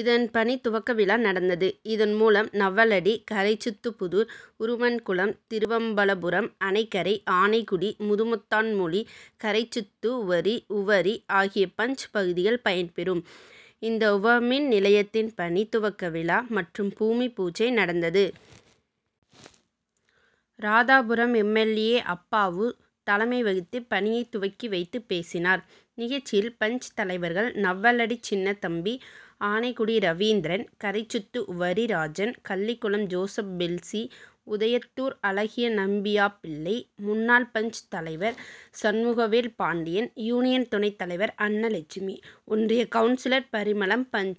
இதன் பணி துவக்க விழா நடந்தது. இதன் மூலம் நவ்வலடி, கரைச்சுத்து புதூர், உருமன்குளம், திருவம்பலபுரம், அணைக்கரை, ஆனைகுடி, முதுமொத்தான்மொழி, கரைச்சுத்து உவரி, உவரி ஆகிய பஞ்., பகுதிகள் பயன் பெறும். இந்த உபமின் நிலையத்தின் பணி துவக்க விழா மற்றும் பூமி பூஜை நடந்தது. Radhapuram M. L. A., Appavu தலைமை வகித்து பணியை துவக்கி வைத்து பேசினார். நிகழ்ச்சியில் பஞ்., தலைவர்கள் நவ்வலடி சின்னதம்பி, ஆனைகுடி ரவீந்திரன், கரைச்சுத்து உவரி ராஜன், கள்ளிகுளம் ஜோசப் பெல்ஸி, உதயத்தூர் அழகியநம்பியாபிள்ளை, முன்னாள் பஞ்.,தலைவர் சண்முகவேல் பாண்டியன், யூனியன் துணைத் தலைவர் அன்னலெட்சுமி, ஒன்றிய கவுன்சிலர் பரிமளம், பஞ்.,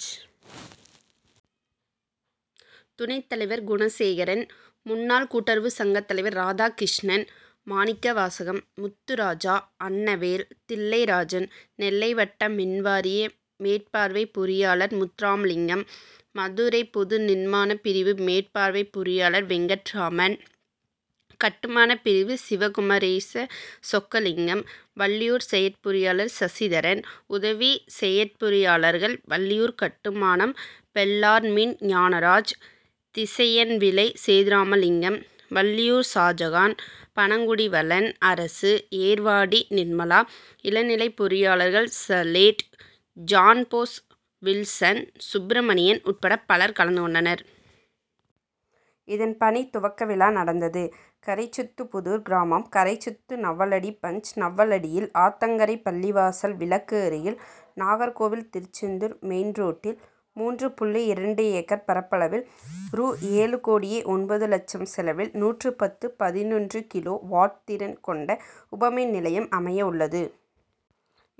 துணைத் தலைவர் குணசேகரன், முன்னாள் கூட்டுறவு சங்க தலைவர் ராதாகிருஷ்ணன், மாணிக்கவாசகம், முத்துராஜா, அன்னவேல், தில்லைராஜன், நெல்லை வட்டம் மின்வாரிய மேற்பார்வை பொறியாளர் முத்துராமலிங்கம், மதுரை பொது நிர்மான பிரிவு மேற்பார்வை பொறியாளர் வெங்கட்ராமன், கட்டுமான பிரிவு சிவகுமரேச சொக்கலிங்கம், வள்ளியூர் செயற்பொறியாளர் சசிதரன், உதவி செயற்பொறியாளர்கள் வள்ளியூர் கட்டுமானம் பெல்லார்மின் ஞானராஜ், திசையன்விளை சேதுராமலிங்கம், வள்ளியூர் ஷாஜகான், பணகுடி வளன் அரசு, ஏர்வாடி நிர்மலா, இளநிலை பொறியாளர்கள் சலேட், ஜான்போஸ், வில்சன், சுப்பிரமணியன் உட்பட பலர் கலந்து கொண்டனர். இதன் பணி துவக்க விழா நடந்தது. கரைச்சுத்து புதூர் கிராமம் கரைச்சுத்து நவ்வலடி பஞ்., நவ்வலடியில் ஆத்தங்கரை பள்ளிவாசல் விலக்கு அருகில் நாகர்கோவில் திருச்செந்தூர் மெயின் ரோட்டில் மூன்று புள்ளி இரண்டு ஏக்கர் பரப்பளவில் ரூ.ஏழு கோடியே ஒன்பது லட்சம் செலவில் நூற்று பத்து, பதினொன்று கிலோ வாட் திறன் கொண்ட உபமின் நிலையம் அமைய உள்ளது.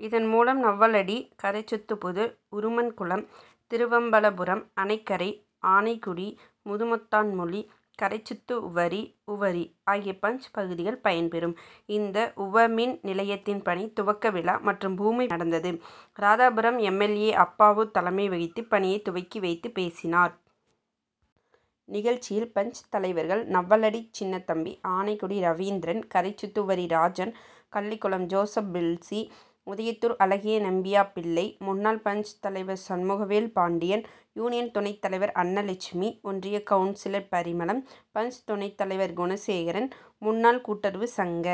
இதன் மூலம் நவ்வலடி, கரைச்சுத்து புதூர், உருமன்குளம், திருவம்பலபுரம், அணைக்கரை, ஆனைகுடி, முதுமொத்தான்மொழி, கரைச்சுத்து உவரி, உவரி ஆகிய பஞ்., பகுதிகள் பயன் பெறும். இந்த உபமின் நிலையத்தின் பணி துவக்க விழா மற்றும் பூமி நடந்தது. Radhapuram M. L. A., Appavu தலைமை வகித்து பணியை துவக்கி வைத்து பேசினார். நிகழ்ச்சியில் பஞ்., தலைவர்கள் நவ்வலடி சின்னதம்பி, ஆனைகுடி ரவீந்திரன், கரைச்சுத்து உவரி ராஜன், கள்ளிகுளம் ஜோசப் பெல்ஸி, உதயத்தூர் அழகியநம்பியாபிள்ளை, முன்னாள் பஞ்.,தலைவர் சண்முகவேல் பாண்டியன், யூனியன் துணைத் தலைவர் அன்னலெட்சுமி, ஒன்றிய கவுன்சிலர் பரிமளம், பஞ்., துணைத் தலைவர் குணசேகரன், முன்னாள் கூட்டுறவு சங்க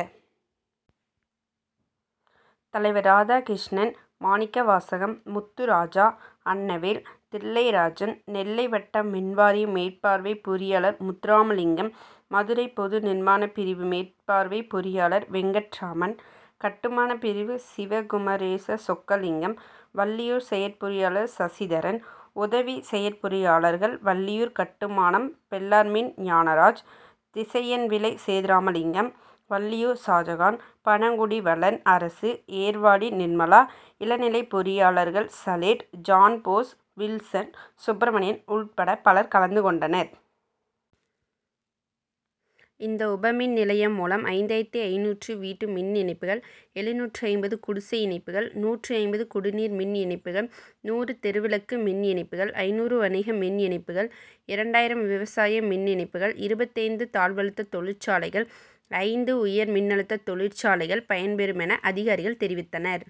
தலைவர் ராதாகிருஷ்ணன், மாணிக்கவாசகம், முத்துராஜா, அன்னவேல், தில்லைராஜன், நெல்லை வட்டம் மின்வாரிய மேற்பார்வை பொறியாளர் முத்துராமலிங்கம், மதுரை பொது நிர்மான பிரிவு மேற்பார்வை பொறியாளர் வெங்கட்ராமன், கட்டுமான பிரிவு சிவகுமரேச சொக்கலிங்கம், வள்ளியூர் செயற்பொறியாளர் சசிதரன், உதவி செயற்பொறியாளர்கள் வள்ளியூர் கட்டுமானம் பெல்லார்மின் ஞானராஜ், திசையன்விளை சேதுராமலிங்கம், வள்ளியூர் ஷாஜகான், பணகுடி வளன் அரசு, ஏர்வாடி நிர்மலா, இளநிலை பொறியாளர்கள் சலேட், ஜான்போஸ், வில்சன், சுப்பிரமணியன் உட்பட பலர் கலந்து கொண்டனர். இந்த உபமின் நிலையம் மூலம் ஐந்தாயிரத்து ஐந்நூறு வீட்டு மின் இணைப்புகள், எழுநூற்று ஐம்பது குடிசை இணைப்புகள், நூற்று ஐம்பது குடிநீர் மின் இணைப்புகள், நூறு தெருவிளக்கு மின் இணைப்புகள், ஐந்நூறு வணிக மின் இணைப்புகள், இரண்டாயிரம் விவசாய மின் இணைப்புகள், இருபத்தைந்து தாழ்வழுத்த தொழிற்சாலைகள், ஐந்து உயர் மின்னழுத்த தொழிற்சாலைகள் பயன்பெறும் என அதிகாரிகள் தெரிவித்தனர்.